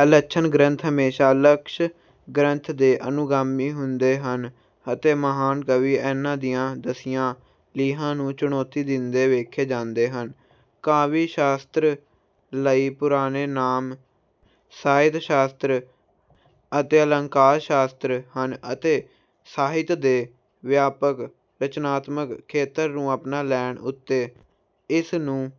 ਇਹ ਲੱਛਣ ਗ੍ਰੰਥ ਹਮੇਸ਼ਾ ਲਕਸ਼ ਗ੍ਰੰਥਾਂ ਦੇ ਅਨੁਗਾਮੀ ਹੁੰਦੇ ਹਨ ਅਤੇ ਮਹਾਨ ਕਵੀ ਇਹਨਾਂ ਦੀਆਂ ਦਸੀਆਂ ਲੀਹਾਂ ਨੂੰ ਚੁਣੌਤੀ ਦਿੰਦੇ ਵੇਖੇ ਜਾਂਦੇ ਹਨ। ਕਾਵਿ ਸ਼ਾਸਤਰ ਲਈ ਪੁਰਾਣੇ ਨਾਮ ਸਾਹਿਤਸ਼ਾਸਤਰ ਅਤੇਅਲੰਕਾਰਸ਼ਾਸਤਰ ਹਨ ਅਤੇ ਸਾਹਿਤ ਦੇ ਵਿਆਪਕ ਰਚਨਾਤਮਕ ਖੇਤਰ ਨੂੰ ਅਪਣਾ ਲੈਣ ਉੱਤੇ ਇਸਨੂੰ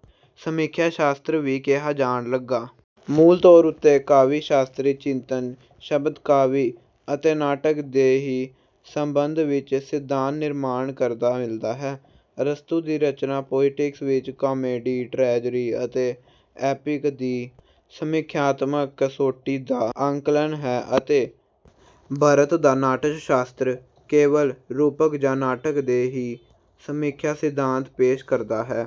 ਸਮੀਖਿਆ ਸ਼ਾਸਤਰ ਵੀ ਕਿਹਾ ਜਾਣ ਲੱਗਾ। ਮੂਲ ਤੌਰ ਉੱਤੇ ਕਾਵਿ ਸ਼ਾਸਤਰੀ ਚਿੰਤਨ ਸ਼ਬਦ ਕਾਵਿ ਅਤੇ ਨਾਟਕ ਦੇ ਹੀ ਸੰਬੰਧ ਵਿੱਚ ਸਿਧਾਂਤ ਨਿਰਮਾਣ ਕਰਦਾ ਮਿਲਦਾ ਹੈ। ਅਰਸਤੂ ਦੀ ਰਚਨਾ ਪੋਇਟਿਕਸ ਵਿੱਚ ਕਾਮੇਡੀ, ਟਰੈਜੇਡੀ, ਅਤੇ ਐਪਿਕ ਦੀ ਸਮੀਖਿਆਤਮਕ ਕਸੌਟੀ ਦਾ ਆਕਲਨ ਹੈ ਅਤੇ ਭਰਤ ਦਾ ਨਾਟਸ਼ਾਸਤਰ ਕੇਵਲ ਰੂਪਕ ਜਾਂ ਨਾਟਕ ਦੇ ਹੀ ਸਮੀਖਿਆ ਸਿਧਾਂਤ ਪੇਸ਼ ਕਰਦਾ ਹੈ।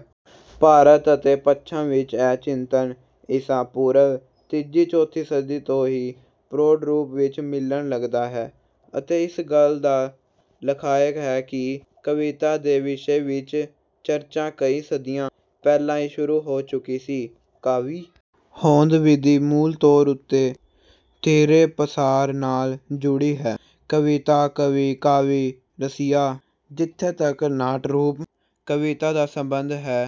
ਭਾਰਤ ਅਤੇ ਪੱਛਮ ਵਿੱਚ ਇਹ ਚਿੰਤਨ ਈਸਾ ਪੂਰਵ ਤੀਜੀ ਚੌਥੀ ਸਦੀ ਤੋਂ ਹੀ ਪ੍ਰੋਢ ਰੂਪ ਵਿੱਚ ਮਿਲਣ ਲੱਗਦਾ ਹੈ ਜੋ ਇਸ ਗੱਲ ਦਾ ਲਖਾਇਕ ਹੈ ਕਿ ਕਵਿਤਾ ਦੇ ਵਿਸ਼ੇ ਵਿੱਚ ਚਰਚਾ ਕਈ ਸਦੀਆਂ ਪਹਿਲਾਂ ਹੀ ਸ਼ੁਰੂ ਹੋ ਚੁੱਕੀ ਸੀ। ਕਾਵਿ ਹੋਂਦ ਵਿਧੀ ਮੂਲ ਤੌਰ ਉੱਤੇ ਤੀਹਰੇ ਪਸਾਰ ਨਾਲ ਜੁੜੀ ਹੈ। ਕਵਿਤਾ, ਕਵੀ, ਕਾਵਿ ਰਸੀਆ। ਜਿੱਥੇ ਤੱਕ ਨਾਟਰੂਪ ਕਵਿਤਾ ਦਾ ਸੰਬੰਧ ਹੈ,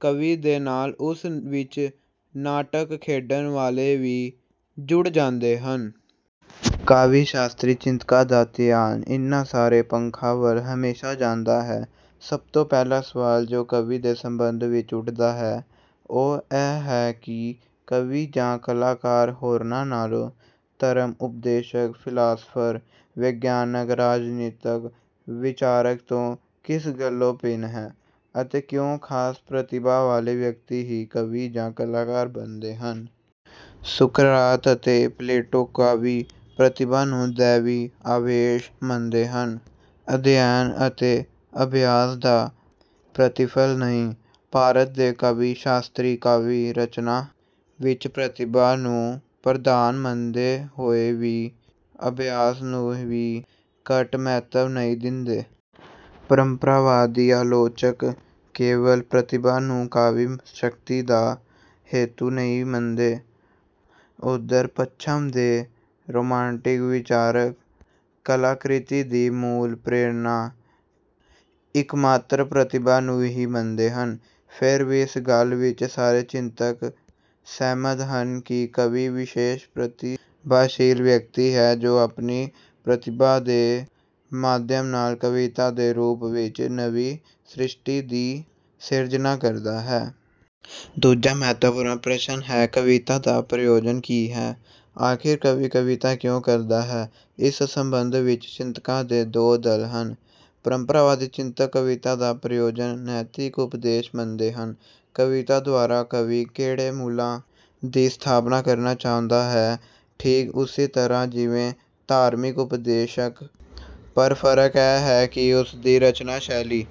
ਕਵੀ ਦੇ ਨਾਲ ਉਸ ਵਿੱਚ ਨਾਟਕ ਖੇਡਣ ਵਾਲੇ ਵੀ ਜੁੜ ਜਾਂਦੇ ਹਨ। ਕਾਵਿ ਸ਼ਾਸਤਰੀ ਚਿੰਤਕਾਂ ਦਾ ਧਿਆਨ ਇਨ੍ਹਾਂ ਸਾਰੇ ਪੱਖਾਂ ਵੱਲ ਹਮੇਸ਼ਾ ਜਾਂਦਾ ਰਿਹਾ ਹੈ। ਸਭ ਤੋਂ ਪਹਿਲਾ ਸਵਾਲ ਜੋ ਕਵੀ ਦੇ ਸੰਬੰਧ ਵਿੱਚ ਉੱਠਦਾ ਹੈ, ਉਹ ਇਹ ਹੈ ਕਿ ਕਵੀ ਜਾਂ ਕਲਾਕਾਰ ਹੋਰਨਾਂ ਨਾਲੋਂ, ਧਰਮ ਉਪਦੇਸ਼ਕ, ਫਿਲਾਸਫਰ, ਵਿਗਿਆਨਕ, ਰਾਜਨੀਤਕ ਵਿਚਾਰਕ ਤੋਂ ਕਿਸ ਗੱਲੋਂ ਭਿੰਨ ਹੈ, ਅਤੇ ਕਿਉਂ ਖਾਸ ਪ੍ਰਤਿਭਾ ਵਾਲੇ ਵਿਅਕਤੀ ਹੀ ਕਵੀ ਜਾਂ ਕਲਾਕਾਰ ਬਣਦੇ ਹਨ। ਸੁਕਰਾਤ ਅਤੇ ਪਲੇਟੋ ਕਾਵਿ ਪ੍ਰਤਿਭਾ ਨੂੰ ਦੈਵੀ ਆਵੇਸ਼ ਮੰਨਦੇ ਹਨ, ਅਧਿਐਨ ਅਤੇ ਅਭਿਆਸ ਦਾ ਪ੍ਰਤੀਫਲ ਨਹੀਂ। ਭਾਰਤ ਦੇ ਕਾਵਿ ਸ਼ਾਸਤਰੀ ਕਾਵਿ ਰਚਨਾ ਵਿੱਚ ਪ੍ਰਤਿਭਾ ਨੂੰ ਪ੍ਰਧਾਨ ਮੰਨਦੇ ਹੋਏ ਵੀ ਅਭਿਆਸ ਨੂੰ ਵੀ ਘੱਟ ਮਹੱਤਵ ਨਹੀਂ ਦਿੰਦੇ। ਪਰੰਪਰਾਵਾਦੀ ਆਲੋਚਕ ਕੇਵਲ ਪ੍ਰਤਿਭਾ ਨੂੰ ਕਾਵਿ ਸ਼ਕਤੀ ਦਾ ਹੇਤੁ ਨਹੀਂ ਮੰਨਦੇ। ਉੱਧਰ ਪੱਛਮ ਦੇ ਰੋਮਾਂਟਿਕ ਵਿਚਾਰਕ ਕਲਾਕ੍ਰਿਤੀ ਦੀ ਮੂਲ ਪ੍ਰੇਰਨਾ ਇੱਕਮਾਤਰ ਪ੍ਰਤਿਭਾ ਨੂੰ ਹੀ ਮੰਨਦੇ ਹਨ। ਫਿਰ ਵੀ ਇਸ ਗੱਲ ਵਿੱਚ ਸਾਰੇ ਚਿੰਤਕ ਸਹਿਮਤ ਹਨ ਕਿ ਕਵੀ ਵਿਸ਼ੇਸ਼ ਪ੍ਰਤਿਭਾਸ਼ੀਲ ਵਿਅਕਤੀ ਹੈ ਜੋ ਆਪਣੀ ਪ੍ਰਤਿਭਾ ਦੇ ਮਾਧਿਅਮ ਨਾਲ ਕਵਿਤਾ ਦੇ ਰੂਪ ਵਿੱਚ ਨਵੀਂ ਸ੍ਰਿਸ਼ਟੀ ਦੀ ਸਿਰਜਨਾ ਕਰਦਾ ਹੈ। ਦੂਜਾ ਮਹੱਤਵਪੂਰਨ ਪ੍ਰਸ਼ਨ ਹੈ, ਕਵਿਤਾ ਦਾ ਪ੍ਰਯੋਜਨ ਕੀ ਹੈ। ਆਖਿਰ ਕਵੀ ਕਵਿਤਾ ਕਿਉਂ ਕਰਦਾ ਹੈ। ਇਸ ਸੰਬੰਧ ਵਿੱਚ ਚਿੰਤਕਾਂ ਦੇ ਦੋ ਦਲ ਹਨ। ਪਰੰਪਰਾਵਾਦੀ ਚਿੰਤਕ ਕਵਿਤਾ ਦਾ ਪ੍ਰਯੋਜਨ ਨੈਤਿਕ ਉਪਦੇਸ਼ ਮੰਨਦੇ ਹਨ। ਕਵਿਤਾ ਦੁਆਰਾ ਕਵੀ ਕਿਹੜੇ ਮੁੱਲਾਂ ਦੀ ਸਥਾਪਨਾ ਕਰਨਾ ਚਾਹੁੰਦਾ ਹੈ, ਠੀਕ ਉਸੇ ਤਰ੍ਹਾਂ ਜਿਵੇਂ ਧਾਰਮਿਕ ਉਪਦੇਸ਼ਕ। ਪਰ ਫਰਕ ਇਹ ਹੈ ਕਿ ਉਸਦੀ ਰਚਨਾ ਸ਼ੈਲੀ